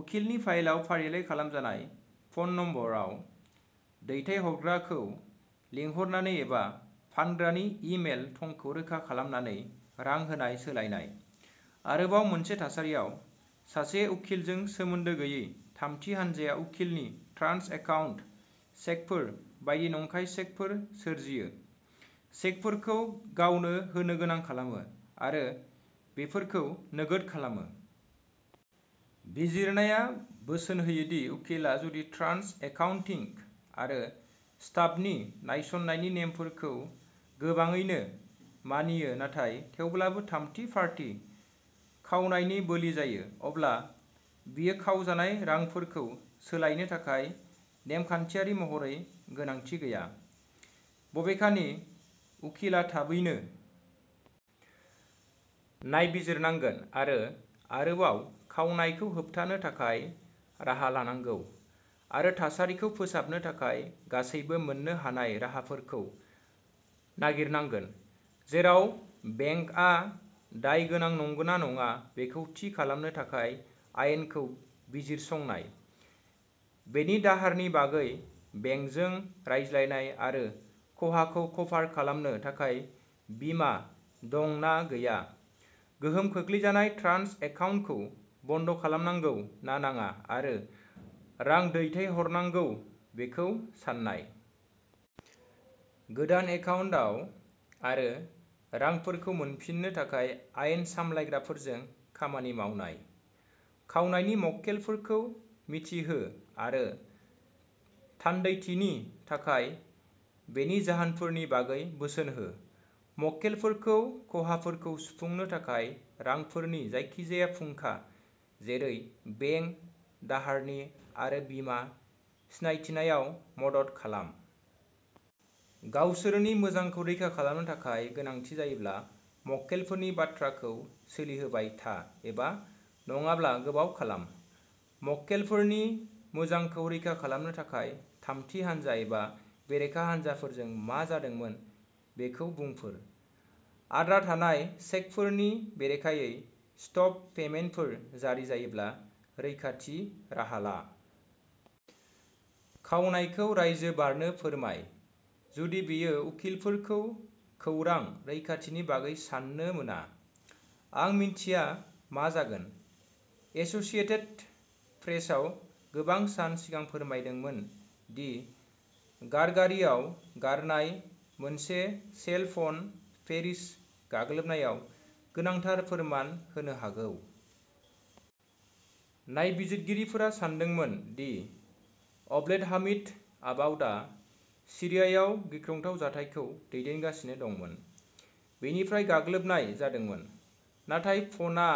उखिलनि फाइलआव फारिलाइ खालामजानाय फ'न नम्बराव दैथायहरग्राखौ लिंहरनानै एबा फानग्रानि इ-मेल थंखौ रोखा खालामनानै रां होनाय सोलायनाय। आरोबाव मोनसे थासारियाव, सासे उखिलजों सोमोन्दो गैयै थामथि हानजाया उखिलनि ट्रास्ट एकाउन्ट चेकफोर बायदि नंखाय चेकफोर सोरजियो, चेकफोरखौ गावनो होनो गोनां खालामो आरो बेफोरखौ नोगोद खालामो। बिजिरनाया बोसोन होयो दि उखिलआ जुदि ट्रास्ट एकाउन्टिंग आरो स्टाफनि नायसंनायनि नेमफोरखौ गोबाङैनो मानियो नाथाय थेवब्लाबो थामथि-पार्टी खावनायनि बोलि जायो अब्ला बियो खावजानाय रांफोरखौ सोलायनो थाखाय नेमखान्थियारि महरै गोनांथि गैया। बबेखानि, उखिलआ थाबैनो नायबिजिरनांगोन आरो आरोबाव खावनायखौ होबथानो थाखाय राहा लानांगौ आरो थासारिखौ फोसाबनो थाखाय गासैबो मोन्नो हानाय राहाफोरखौ नागिरनांगोन, जेराव बेंकआ दाय गोनां नंगौना नङा बेखौ थि खालामनो थाखाय आयेनखौ बिजिरसंनाय; बेनि दाहारनि बागै बेंकजों रायज्लायनाय आरो खहाखौ कभार खालामनो थाखाय बीमा दं ना गैया; गोहोम खोख्लैजानाय ट्रान्ट एकाउन्टखौ बन्द खालामनांगौ ना नाङा आरो रां दैथायहरनांगौ बेखौ सान्नाय। गोदान एकाउन्टआव; आरो रांफोरखौ मोनफिन्नो थाखाय आयेन सामलायग्राफोरजों खामानि मावनाय। खावनायनि मक्केलफोरखौ मिथि हो आरो थान्दैथिनि थाखाय बेनि जाउनफोरनि बागै बोसोन हो। मक्केलफोरखौ खहाफोरखौ सुफुंनो थाखाय रांफोरनि जायखिजाया फुंखा, जेरै बेंक दाहारनि आरो बीमा, सिनायथिनायाव मदद खालाम। गावसोरनि मोजांखौ रैखा खालामनो थाखाय गोनांथि जायोब्ला मक्केलफोरनि बाथ्राखौ सोलिहोबाय था एबा नङाब्ला गोबाव खालाम। मक्केलफोरनि मोजांखौ रैखा खालामनो थाखाय थामथि हानजा एबा बेरेखा हानजाफोरजों मा जादोंमोन बेखौ बुंफोर। आद्रा थानाय चेकफोरनि बेरेखायै स्टप पेमेन्टफोर जारि जायोब्ला रैखाथि राहा ला। खावनायखौ रायजो बारनो फोरमाय। जुदि बेयो उखिलफोरखौ खौरां रैखाथिनि बागै सान्नो मोना, आं मिथिया मा जागोन। एसोसिएटेड प्रेसआ गोबां सान सिगां फोरमायदोंमोन दि गारगारियाव गारनाय मोनसे सेल फना पेरिस गाग्लोबनायाव गोनांथार फोरमान होनो हागौ। नायबिजिरगिरिफोरा सानदोंमोन दि अब्लेदहामिद आबाउदआ सिरियायाव गिख्रंथाव जाथायखौ दैदेनगासिनो दंमोन। बैनिफ्राय गाग्लोबनाय जादोंमोन, नाथाय फनआ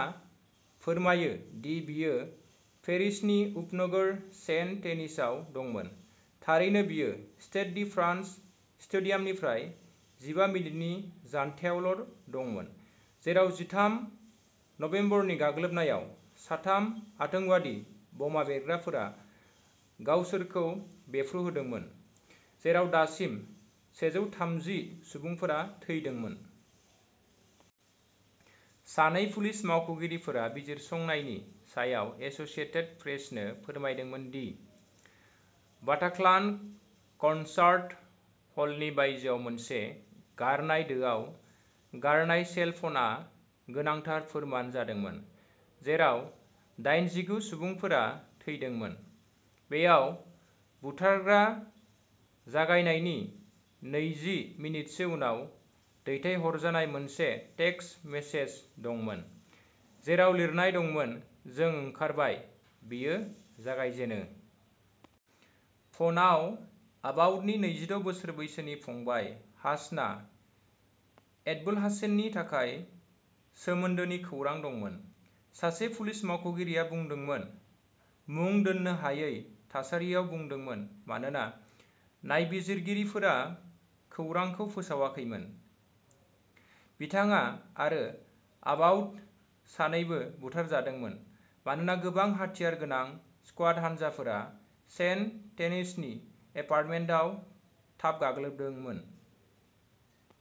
फोरमायो दि बियो पेरिसनि उपनगर सेन्ट डेनिसआव दंमोन। थारैनो बियो स्टेड डी फ्रान्स स्टेडियामनिफ्राय जिबा मिनिटनि जान्थायावल'दंमोन, जेराव जिथाम नबेम्बरनि गाग्लोबनायाव साथाम आतांबादि बमा बेरग्राफोरा गावसोरखौ बेरफ्रुहोदोंमोन, जेराव दासिम सेजौथामजि सुबुंफोरा थैदोंमोन। सानै पुलिस मावख'गिरिफोरा बिजिरसंनायनि सायाव एसोसिएटेड प्रेसनो फोरमायदोंमोन दि बाटाक्लान कनसार्ट हलनि बायजोआव मोनसे गारनाय दोआव गारनाय सेलफोनआ गोनांथार फोरमान जादोंमोन-जेराव डायेनजिगु सुबुंफोरा थैदोंमोन। बेयाव बुथारग्रा जागायनायनि नैजि मिनिटसो उनाव दैथायहरजानाय मोनसे टेक्सट मेसेज दंमोन, जेराव लिरनाय दंमोन जों ओंखारबाय, बेयो जागायजेनो। फनआव आबाउडनि नैजिद' बोसोर बैसोनि फंबाय, हासना ऐतबुलाहसेननि थाखाय सोमोन्दोनि खौरां दंमोन, सासे पुलिस मावख'गिरिआ बुंदोंमोन, मुं दोननो हायै थासारियाव बुंदोंमोन मानोना नायबिजिरगिरिफोरा खौरांखौ फोसावाखैमोन। बिथाङा आरो आबाउड सानैबो बुथारजादोंमोन मानोना गोबां हाथियार गोनां स्वाट हानजाफोरा सेन्ट-डेनिसनि एपार्टमेन्टआव थाब गाग्लोबदोंमोन।